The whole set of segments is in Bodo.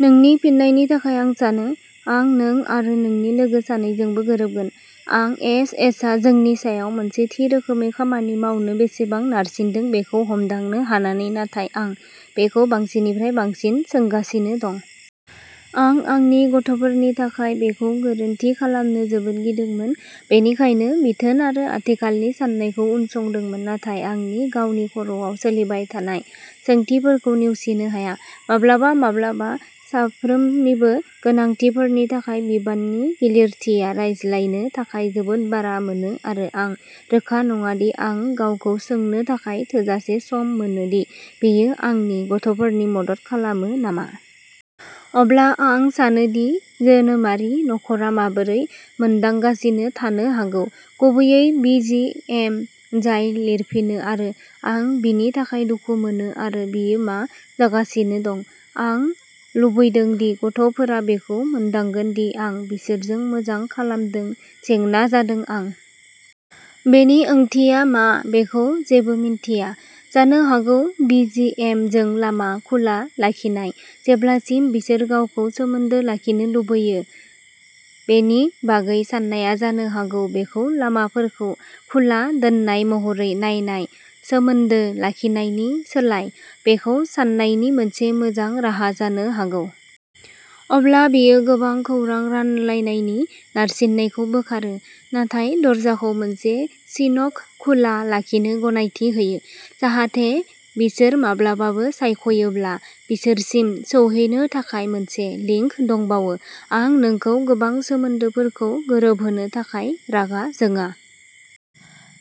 नोंनि फिनायनि थाखाय आं सानो, आं नों आरो नोंनि लोगो सानैजोंबो गोरोबगोन। आं एस एसआ जोंनि सायाव मोनसे थि रोखोमै खामानि मावनो बेसेबां नारसिनदों बेखौ हमदांनो हानानै नाथाय आं बेखौ बांसिननिफ्राय बांसिन सोंगासिनो दं। आं आंनि गथ'फोरनि थाखाय बेखौ गोरोन्थि खालामनो जोबोद गिदोंमोन, बेनिखायनो बिथोन आरो आथिखालनि साननायखौ उनसंदोंमोन, नाथाय आंनि गावनि खर'आव सोलिबाय थानाय सोंथिफोरखौ नेवसिनो हाया। माब्लाबा-माब्लाबा साफ्रोमनिबो गोनांथिफोरनि थाखाय बिबाननि गिलिरथिया रायज्लायनो थाखाय जोबोद बारा मोनो आरो आं रोखा नङा दि आं गावखौ सोंनो थाखाय थोजासे सम मोनो दि बेयो आंनि गथ'फोरनि मदद खालामो नामा। अब्ला आं सानो दि जोनोमारि नखरा माबोरै मोनदांगासिनो थानो हागौ, गुबैयै बि जि एम जाय लिरफिनो, आरो आं बिनि थाखाय दुखु मोनो आरो बियो मा जागासिनो दं। आं लुगैदों दि गथ'फोरा बेखौ मोनदांगोन दि आं बिसोरजों मोजां खालामदों, जेंना जादों आं। बेनि ओंथिया मा बेखौ जेबो मिन्थिया। जानो हागौ बि जि एम जों लामा खुला लाखिनाय, जेब्लासिम बिसोर गावखौ सोमोन्दो लाखिनो लुबैयो। बेनि बागै साननाया जानो हागौ बेखौ लामाफोरखौ खुला दोननाय महरै नायनाय, सोमोन्दो लाखिनायनि सोलाय, बेखौ सान्नायनि मोनसे मोजां राहा जानो हागौ। अब्ला बेयो गोबां खौरां रानलायनायनि नारसिननायखौ बोखारो, नाथाय दरजाखौ मोनसे सिनक खुला लाखिनो गनायथि होयो, जाहाथे बिसोर माब्लाबाबो सायख'योब्ला बिसोरसिम सौहैनो थाखाय मोनसे लिंक दंबावो। आं नोंखौ गोबां सोमोन्दोफोरखौ गोरोबहोनो थाखाय रागा जोङा।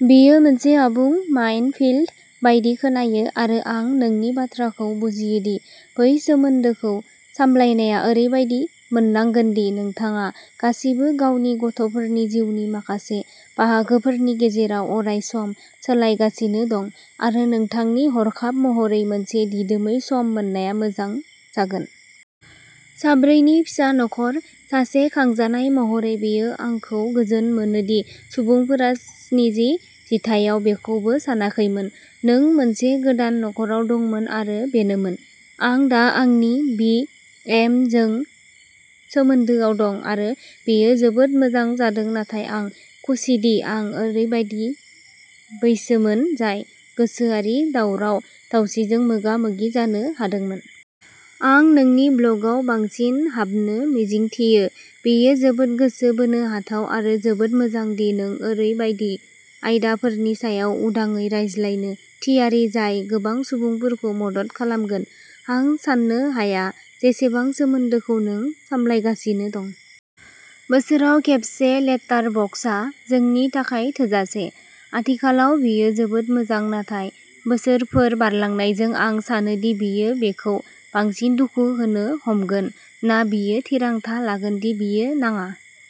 बेयो मोनसे आबुं माइनफील्ड बायदि खोनायो आरो आं नोंनि बाथ्राखौ बुजियो दि बै सोमोन्दोखौ सामलायनाया ओरैबादि मोननांगोन दि नोंथाङा गासिबो गावनि गथ'फोरनि जिउनि माखासे बाहागोफोरनि गेजेराव अरायसम सोलायगासिनो दं आरो नोंथांनि हरखाब महरै मोनसे दिदोमै सम मोननाया मोजां जागोन। साब्रै नि फिसा नखर, सासे खांजानाय महरै बेयो आंखौ गोजोन मोनो दि सुबुंफोरा स्निजि जिथाइयाव बेखौबो सानाखैमोन। नों मोनसे गोदान नख'राव दंमोन आरो बेनोमोन। आं दा आंनि बि. एम. जों सोमोन्दोआव दं आरो बेयो जोबोद मोजां जादों, नाथाय आं खुसिदि आं ओरैबायदि बैसोमोन जाय गोसोआरि दावराव-दावसिजों मोगा-मोगि जानो हादोंमोन। आं नोंनि ब्लगआव बांसिन हाबनो मिजिंथियो, बेयो जोबोद गोसो बोनो हाथाव आरो जोबोद मोजां दि नों ओरैबायदि आयदाफोरनि सायाव उदाङै रायज्लायनो थियारि जाय गोबां सुबुंफोरखौ मदद खालामगोन। आं साननो हाया जेसेबां सोमोन्दोखौ नों सामलायगासिनो दं। बोसोराव खेबसे लेटारबक्सआ जोंनि थाखाय थोजासे। आथिखालाव बेयो जोबोद मोजां नाथाय बोसोरफोर बारलांनायजों आं सानो दि बेयो बिखौ बांसिन दुखु होनो हमगोन ना बियो थिरांथा लागोन दि बियो नाङा।